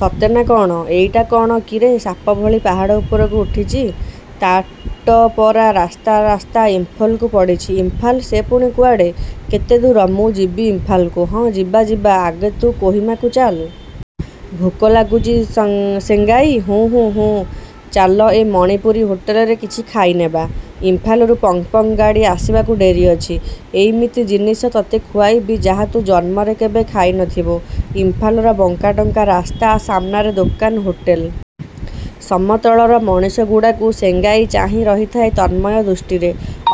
ସତେ ନା କ'ଣ? ଏଇଟା କ'ଣ କିରେ ସାପ ଭଳି ପାହାଡ଼ ଉପରକୁ ଉଠିଚି। ତାଟ ପରା ରାସ୍ତା ରାସ୍ତା ଇମ୍ଫଲକୁ ପଡ଼ିଚି। ଇମ୍ଫାଲ? ସେ ପୁଣି କୁଆଡ଼େ? କେତେ ଦୂର? ମୁଁ ଯିବି ଇମ୍ଫାଲକୁ। ହଁ, ଯିବା ଯିବା, ଆଗେ ତୁ କୋହିମାକୁ ଚାଲ। ଭୋକ ଲାଗୁଚି ସେଙ୍ଗାଇ? ''ହୁଁ ହୁଁ ହୁଁ।'' ଚାଲ ଏ ମଣିପୁରୀ ହୋଟେଲରେ କିଛି ଖାଇନେବା। ଇମ୍ଫାଲରୁ ପଙ୍କ୍ ପଙ୍କ୍ ଗାଡ଼ି ଆସିବାକୁ ଡେରି ଅଛି। ଏଇମିତି ଜିନିଷ ତତେ ଖୁଆଇବି ଯାହା ତୁ ଜନ୍ମରେ କେବେ ଖାଇ ନଥିବୁ। ଇମ୍ଫାଲର ବଙ୍କାଡଙ୍କା ରାସ୍ତା, ସାମନାରେ ଦୋକାନ, ହୋଟେଲ। ସମତଳର ମଣିଷଗୁଡ଼ାକୁ ସେଙ୍ଗାଇ ଚାହିଁ ରହିଥାଏ ତନ୍ମୟ ଦୃଷ୍ଟିରେ।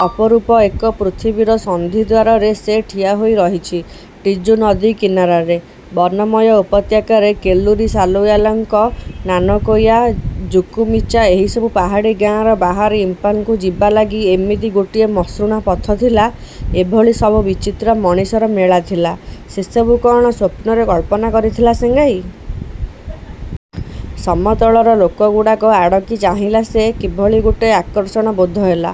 ଅପରୂପ ଏକ ପୃଥିବୀର ସନ୍ଧିଦ୍ୱାରରେ ସେ ଠିଆହୋଇ ରହିଚି। ଟିଜୁ ନଦୀ କିନାରାରେ, ବନମୟ ଉପତ୍ୟକାରେ, କେଲୁରୀ, ସାଲୁୟାଲାଙ୍ଗ, ନାନକୋୟା, ଜୁକୁମିଚା ଏହିସବୁ ପାହାଡ଼ୀ ଗାଁର ବାହାରେ ଇମ୍ଫାଲକୁ ଯିବା ଲାଗି ଇମିତି ଗୋଟିଏ ମସୃଣ ପଥ ଥିଲା, ଏଭଳି ସବୁ ବିଚିତ୍ର ମଣିଷର ମେଳା ଥିଲା, ସେସବୁ କ'ଣ ସ୍ୱପ୍ନରେ କଳ୍ପନା କରିଥିଲା ସେଙ୍ଗାଇ? ସମତଳର ଲୋକଗୁଡ଼ାକ ଆଡ଼କି ଚାହିଁଲା ସେ କିଭଳି ଗୋଟାଏ ଆକର୍ଷଣ ବୋଧହେଲା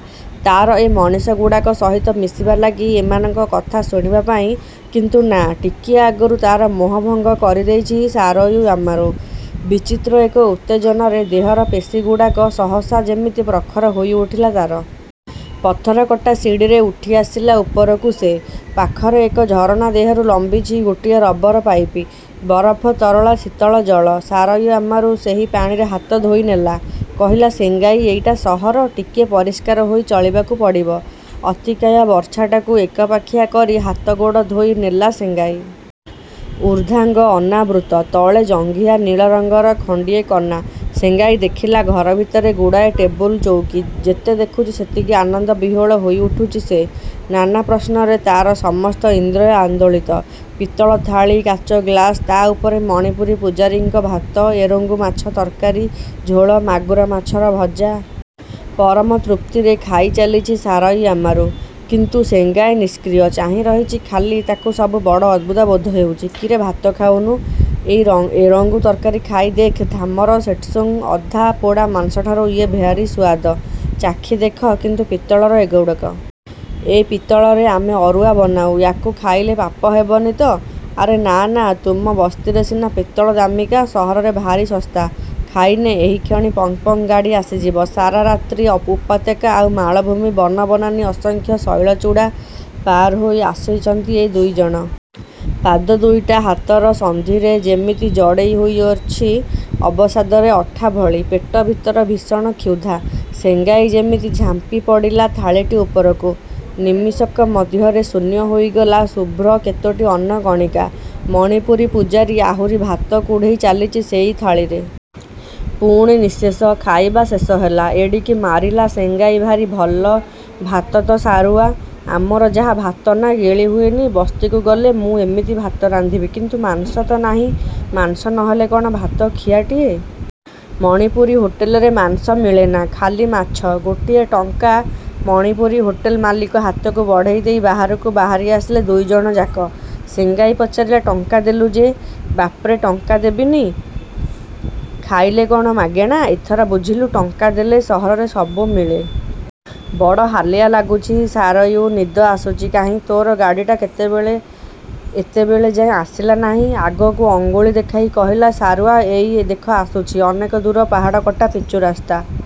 ତାର ଏ ମଣିଷଗୁଡ଼ାକ ସହିତ ମିଶିବା ଲାଗି, ଏମାନଙ୍କ କଥା ଶୁଣିବା ପାଇଁ। କିନ୍ତୁ ନା, ଟିକିଏ ଆଗରୁ ତାର ମୋହଭଙ୍ଗ କରି ଦେଇଚି ସାରୁୟାମାରୁ। ବିଚିତ୍ର ଏକ ଉତ୍ତେଜନାରେ ଦେହର ପେଶୀଗୁଡ଼ାକ ସହସା ଯେମିତି ପ୍ରଖର ହୋଇଉଠିଲା ତାର। ପଥରକଟା ସିଡ଼ିରେ ଉଠିଆସିଲା ଉପରକୁ ସେ। ପାଖରେ ଏକ ଝରଣା ଦେହରୁ ଲମ୍ବିଚି ଗୋଟାଏ ରବରପାଇପ। ବରଫ ତରଳା ଶୀତଳ ଜଳ। ସାରୁୟାମାରୁ ସେହି ପାଣିରେ ହାତ ଧୋଇନେଲା। କହିଲା, ସେଙ୍ଗାଇ ଏଇଟା ସହର, ଟିକିଏ ପରିଷ୍କାର ହୋଇ ଚଳିବାକୁ ପଡ଼ିବ। ଅତିକାୟ ବର୍ଚ୍ଛାଟାକୁ ଏକପାଖିଆ କରି ହାତଗୋଡ଼ ଧୋଇ ନେଲା ସେଙ୍ଗାଇ। ଊର୍ଦ୍ଧ୍ୱାଙ୍ଗ ଅନାବୃତ୍ତ। ତଳେ ଜଙ୍ଘିଆ ନୀଳ ରଙ୍ଗର ଖଣ୍ଡିଏ କନା। ସେଙ୍ଗାଇ ଦେଖିଲା ଘର ଭିତରେ ଗୁଡ଼ାଏ ଟେବୁଲ, ଚୌକୀ। ଯେତେ ଦେଖୁଚି, ସେତିକି ଆନନ୍ଦବିହ୍ୱଳ ହୋଇଉଠୁଚି ସେ। ନାନା ପ୍ରଶ୍ନରେ ତାର ସମସ୍ତ ଇନ୍ଦ୍ରିୟ ଆନ୍ଦୋଳିତ। ପିତ୍ତଳ ଥାଳୀ, କାଚ ଗ୍ଲାସ, ତା ଉପରେ ମଣିପୁରୀ ପୂଜାରୀଙ୍କର ଭାତ, ଏରଙ୍ଗୁ ମାଛର ତରକାରୀ, ଝୋଳ, ମାଗୁର ମାଛର ଭଜା। ପରମତୃପ୍ତିରେ ଖାଇଚାଲିଚି ସାରୁୟାମାରୁ; କିନ୍ତୁ ସେଙ୍ଗାଇ ନିଷ୍କ୍ରିୟ। ଚାହିଁ ରହିଚି ଖାଲି ତାକୁ ସବୁ ବଡ଼ ଅଦ୍ଭୁତ ବୋଧହେଉଚି। କିରେ ଭାତ ଖାଉନୁ, ଏଇ ଏରଙ୍ଗୁ ତରକାରୀ ଖାଇ ଦେଖ। ଥାମର ସେଟସୁଙ୍ଗ ଅଧା ପୋଡ଼ା ମାଂସଠାରୁ ଇଏ ଭାରି ସୁଆଦ। ଚାଖି ଦେଖ। କିନ୍ତୁ ପିତ୍ତଳର ଏଗୁଡ଼ାକ। ଏ ପିତ୍ତଳରେ ଆମେ ଅରୁଆ ବନଉଁ, ୟାକୁ ଖାଇଲେ ପାପ ହେବନି ତ! ଆରେ ନାଁ ନାଁ, ତୁମ ବସ୍ତିରେ ସିନା ପିତ୍ତଳ ଦାମିକା, ସହରରେ ଭାରି ଶସ୍ତା। ଖାଇନେ, ଏହିକ୍ଷଣି ପଙ୍କ୍ ପଙ୍କ୍ ଗାଡ଼ି ଆସିଯିବ। ସାରା ରାତ୍ରି ଉପତ୍ୟକା ଆଉ ମାଳଭୂମି, ବନ ବନାନୀ, ଅସଂଖ୍ୟ ଶୈଳଚୂଡ଼ା ପାର ହୋଇ ଆସିଚନ୍ତି ଏ ଦୁଇଜଣ। ପାଦ ଦୁଇଟା ହାତର ସନ୍ଧିରେ ଯେମିତି ଜଡ଼େଇ ହୋଇରହିଛି ଅବସାଦରେ, ଅଠା ଭଳି। ପେଟ ଭିତରେ ଭୀଷଣ କ୍ଷୁଧା। ସେଙ୍ଗାଇ ଯେମିତି ଝାମ୍ପି ପଡ଼ିଲା ଥାଳୀଟା ଉପରକୁ। ନିମିଷକ ମଧ୍ୟରେ ଶୂନ୍ୟ ହୋଇଗଲା ଶୁଭ୍ର କେତୋଟି ଅନ୍ନକଣିକା। ମଣିପୁରୀ ପୂଜାରୀ ଆହୁରି ଭାତ କୁଢ଼େଇ ଚାଲିଚି ସେଙ୍ଗାଇ ଥାଳୀରେ। ପୁଣି। ନିଃଶେଷ। ଖାଇବା ଶେଷ ହେଲା। ଏଡ଼ିକି ମାରିଲା ସେଙ୍ଗାଇ ଭାରି ଭଲ ଭାତ ତ ସାରୁୟା! ଆମର ଯାହା ଭାତନା, ଗିଳି ହୁଏନି। ବସ୍ତିକୁ ଗଲେ ମୁଁ ଏମିତି ଭାତ ରାନ୍ଧିବି, କିନ୍ତୁ ମାଂସ ତ ନାହିଁ। ମାଂସ ନ ହେଲେ କ'ଣ ଭାତ ଖିଆଟାଏ? ମଣିପୁରୀ ହୋଟେଲରେ ମାଂସ ମିଳେନା, ଖାଲି ମାଛ। ଗୋଟିଏ ଟଙ୍କା ମଣିପୁରୀ ହୋଟେଲ ମାଲିକ ହାତକୁ ବଢ଼େଇ ଦେଇ ବାହାରକୁ ବାହାରି ଆସିଲେ ଦୁଇଜଣଯାକ। ସେଙ୍ଗାଇ ପଚାରିଲା ଟଙ୍କା ଦେଲୁ ଯେ! ବାପ୍ରେ, ଟଙ୍କା ଦେବିନି? ଖାଇଲେ କ'ଣ ମାଗଣା? ଏଥର ବୁଝିଲୁ, ଟଙ୍କା ଦେଲେ ସହରରେ ସବୁ ମିଳେ। ବଡ଼ ହାଲିଆ ଲାଗୁଚି ସାରୁୟା ନିଦ ଆସୁଚି। କାହିଁ ତୋର ଗାଡ଼ିଟା ଏତେବେଳେ ଯାଏ ଆସିଲା ନାହିଁ। ଆଗକୁ ଅଙ୍ଗୁଳି ଦେଖାଇ କହିଲା ସାରୁୟା ଏଇ ଦେଖ ଆସୁଚି। ଅନେକ ଦୂର ପାହାଡ଼ କଟା ପିଚୁରାସ୍ତା।